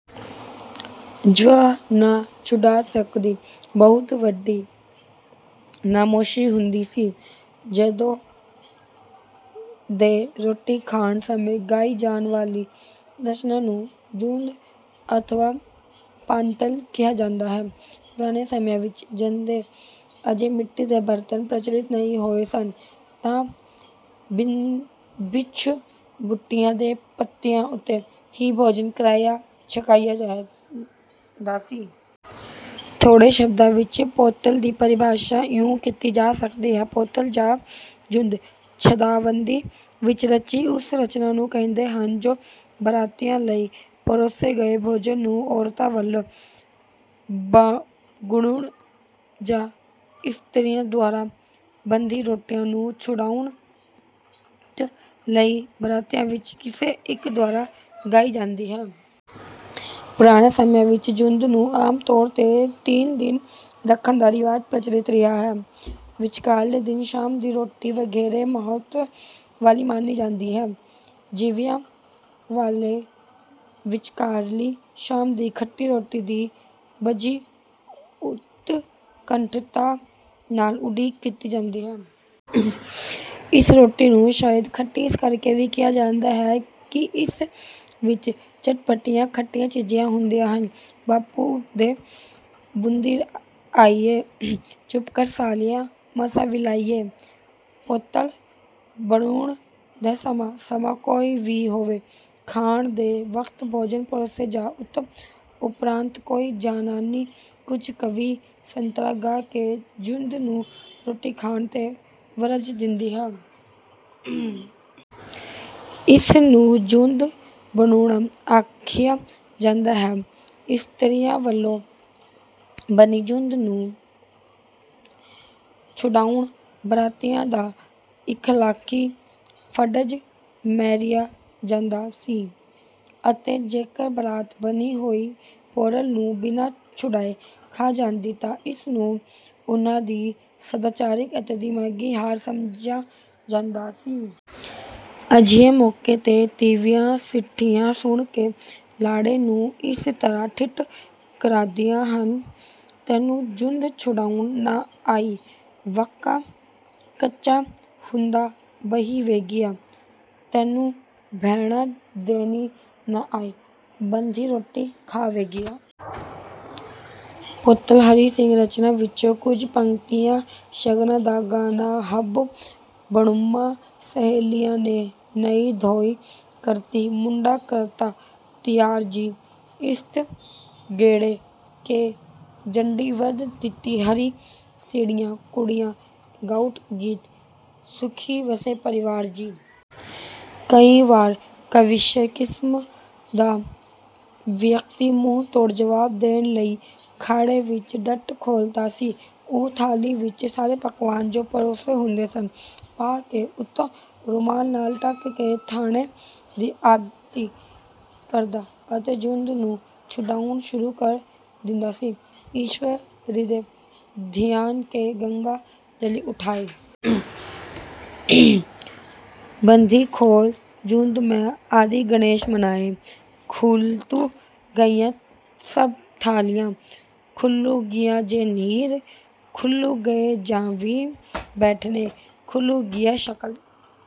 ਜੰਞ ਨਾ ਛੁਡਾ ਸਕਣੀ ਬਹੁਤ ਵੱਡੀ ਨਮੋਸ਼ੀ ਹੁੰਦੀ ਸੀ। ਜੰਞ ਦੇ ਰੋਟੀ ਖਾਣ ਸਮੇਂ ਗਾਈ ਜਾਣ ਵਾਲੀ ਰਚਨਾ ਨੂੰ ‘ਜੰਞ’ ਅਥਵਾ ‘ਪੱਤਲ’ ਕਿਹਾ ਜਾਂਦਾ ਹੈ। ਪੁਰਾਣੇ ਸਮਿਆਂ ਵਿੱਚ, ਜਦੋਂ ਅਜੇ ਮਿੱਟੀ ਦੇ ਬਰਤਨ ਪ੍ਰਚਲਿਤ ਨਹੀਂ ਹੋਏ ਸਨ, ਤਾਂ ਬ੍ਰਿਛ-ਬੂਟਿਆਂ ਦੇ ਪੱਤਿਆਂ ਉੱਤੇ ਹੀ ਭੋਜਨ ਛਕਿਆ-ਛਕਾਇਆ ਜਾਂਦਾ ਸੀ। ਥੋੜ੍ਹੇ ਸ਼ਬਦਾਂ ਵਿੱਚ ਪੱਤਲ ਦੀ ਪਰਿਭਾਸ਼ਾ ਇਉਂ ਕੀਤੀ ਜਾ ਸਕਦੀ ਹੈ: “ਪੱਤਲ ਜਾਂ ਜੰਞ, ਛੰਦਾਬੰਦੀ ਵਿੱਚ ਰਚੀ ਉਸ ਰਚਨਾ ਨੂੰ ਕਹਿੰਦੇ ਹਨ, ਜੋ ਬਰਾਤੀਆਂ ਲਈ ਪਰੋਸੇ ਗਏ ਭੋਜਨ ਨੂੰ ਔਰਤਾਂ ਵੱਲੋਂ ਬੰਨ੍ਹਣ ਜਾਂ ਇਸਤਰੀਆਂ ਦੁਆਰਾ ਬੱਧੀ ਰੋਟੀ ਨੂੰ ਛੁਡਾਉਣ ਲਈ ਬਰਾਤੀਆਂ ਵਿੱਚੋਂ ਕਿਸੇ ਇੱਕ ਦੁਆਰਾ ਗਾਈ ਜਾਂਦੀ ਹੈ।” ਪੁਰਾਣੇ ਸਮਿਆਂ ਵਿੱਚ ਜੰਞ ਨੂੰ ਆਮ ਤੌਰ ’ਤੇ ਤਿੰਨ ਦਿਨ ਰੱਖਣ ਦਾ ਰਿਵਾਜ ਪ੍ਰਚਲਿਤ ਰਿਹਾ ਹੈ। ਵਿਚਕਾਰਲੇ ਦਿਨ ਸ਼ਾਮ ਦੀ ਰੋਟੀ ਵਧੇਰੇ ਮਹੱਤਵ ਵਾਲੀ ਮੰਨੀ ਜਾਂਦੀ ਹੈ। ਜਾਂਞੀਆਂ ਵੱਲੋਂ ਵਿਚਕਾਰਲੀ ਸ਼ਾਮ ਦੀ ‘ਖੱਟੀ ਰੋਟੀ’ ਦੀ ਬੜੀ ਉਤਕੰਠਤਾ ਨਾਲ ਉਡੀਕ ਕੀਤੀ ਜਾਂਦੀ ਹੈ। ਇਸ ਰੋਟੀ ਨੂੰ ਸ਼ਾਇਦ ‘ਖੱਟੀ’ ਇਸ ਕਰਕੇ ਵੀ ਕਿਹਾ ਜਾਂਦਾ ਹੈ ਕਿ ਇਸ ਵਿੱਚ ਚਟ-ਪੱਟੀਆਂ ਖੱਟੀਆਂ ਚੀਜ਼ਾਂ ਹੁੰਦੀਆਂ ਹਨ: “ਬਾਪੂ ਓਏ! ਬੂੰਦੀ ਆਈ ਐ, ਚੁੱਪ ਕਰ ਸਾਲਿਆ, ਮਸਾਂ ਥਿਆਈ ਐ।” ਪੱਤਲ ਬੰਨ੍ਹਣ ਦਾ ਸਮਾਂ: ਸਮਾਂ ਕੋਈ ਵੀ ਹੋਵੇ, ਖਾਣ ਦੇ ਵਕਤ ਭੋਜਨ ਪਰੋਸੇ ਜਾਣ ਤੋਂ ਉਪਰੰਤ ਕੋਈ ਜ਼ਨਾਨੀ ਕੁਝ ਕਾਵਿ-ਸਤਰਾਂ ਗਾ ਕੇ ਜੰਞ ਨੂੰ ਰੋਟੀ ਖਾਣ ਤੋਂ ਵਰਜ ਦਿੰਦੀ ਹੈ। ਇਸ ਨੂੰ ‘ਜੰਞ ਬੰਨ੍ਹਣਾ’ ਆਖਿਆ ਜਾਂਦਾ ਹੈ। ਇਸਤਰੀਆਂ ਵੱਲੋਂ ਬੰਨ੍ਹੀ ਜੰਞ ਨੂੰ ਛੁਡਾਉਣਾ ਬਰਾਤੀਆਂ ਦਾ ਇਖਲਾਕੀ ਫ਼ਰਜ਼ ਮੰਨਿਆ ਜਾਂਦਾ ਸੀ ਅਤੇ ਜੇਕਰ ਬਰਾਤ ਬੰਨ੍ਹੀ ਹੋਈ ਪੱਤਲ ਨੂੰ ਬਿਨਾਂ ਛੁਡਾਏ ਖਾ ਜਾਂਦੀ ਤਾਂ ਇਸ ਨੂੰ ਉਨ੍ਹਾਂ ਦੀ ਸਦਾਚਾਰਿਕ ਅਤੇ ਦਿਮਾਗੀ ਹਾਰ ਸਮਝਿਆ ਜਾਂਦਾ ਸੀ। ਅਜਿਹੇ ਮੌਕੇ ਤੀਵੀਆਂ ਸਿੱਠਣੀਆਂ ਸੁਣਾ ਕੇ ਲਾੜੇ ਨੂੰ ਇਸ ਤਰ੍ਹਾਂ ਠਿੱਠ ਕਰਦੀਆਂ ਹਨ: “ਤੈਨੂੰ ਜੰਞ ਛੁਡਾਉਣੀ ਨਾ ਆਈ, ਕੱਚਾ ਹੁੰਦਾ ਬਹਿ ਵੇ ਗਿਆ। ਤੈਨੂੰ ਭੈਣਾਂ ਦੇਣੀ ਨਾ ਆਈ, ਬੱਧੀ ਰੋਟੀ ਖਾ ਵੇ ਗਿਆ।” ਪੱਤਲ ਹਰੀ ਸਿੰਘ ਰਚਨਾ ਵਿੱਚੋਂ ਕੁਝ ਪੰਕਤੀਆਂ: “ਸ਼ਗਨਾਂ ਦਾ ਗਾਨਾ, ਹੱਥ ਬੰਨ੍ਹਿਆਂ ਸ਼ਹੇਲੀਆਂ ਨੇ। ਨਈਂ ਧੋਈ ਕਰਤੀ, ਮੁੰਡਾ ਕਰਤਾ ਤਿਆਰ ਜੀ। ਇਸਤ ਗੇੜੇ ਦੇ ਜੰਡੀ ਵੱਢ ਦਿੱਤੀ, ਹਰੀ ਸਿੰਘਾ ਕੁੜੀਆਂ ਗਾਉਣ ਗੀਤ। ਸੁਖੀ ਵਸੇ ਪਰਿਵਾਰ ਜੀ।” ਕਈ ਵਾਰ ਕਵੀਸ਼ਰ ਕਿਸਮ ਦਾ ਵਿਅਕਤੀ ਮੂੰਹ-ਤੋੜ ਜਵਾਬ ਦੇਣ ਲਈ ਖਾੜੇ ਵਿੱਚ ਡਟ ਖਲੋਤਾ ਸੀ। ਉਹ ਥਾਲੀ ਵਿੱਚ ਸਾਰੇ ਪਕਵਾਨ, ਜੋ ਪਰੋਸੇ ਹੁੰਦੇ ਸਨ, ਪਾ ਕੇ ਉੱਤੋਂ ਰੁਮਾਲ ਨਾਲ ਢੱਕ ਕੇ ਖਾਣੇ ਦੀ ਆਰਤੀ ਕਰਦਾ ਅਤੇ ਜੰਞ ਨੂੰ ਛੁਡਾਉਣਾ ਸ਼ੁਰੂ ਕਰ ਦਿੰਦਾ ਸੀ: “ਈਸ਼ਵਰ ਰਿਦੇ ਧਿਆਨ ਕੇ, ਗੰਗਾ ਜਲੀ ਉਠਾਏ। ਬੱਧੀ ਖੋਲਾਂ ਜੰਞ ਮੈਂ, ਆਦਿ ਗਣੇਸ਼ ਮਨਾਏ। ਖੁੱਲ੍ਹ ਗਈਆਂ ਸਭ ਥਾਲੀਆਂ, ਖੁੱਲ੍ਹ ਗਿਆ ਜੇ ਨੀਰ। ਖੁੱਲ੍ਹ ਗਏ ਜਾਂਞੀ ਬੈਠੜੇ, ਖੁੱਲ੍ਹ ਗਿਆ ਸ਼ਕਲ...”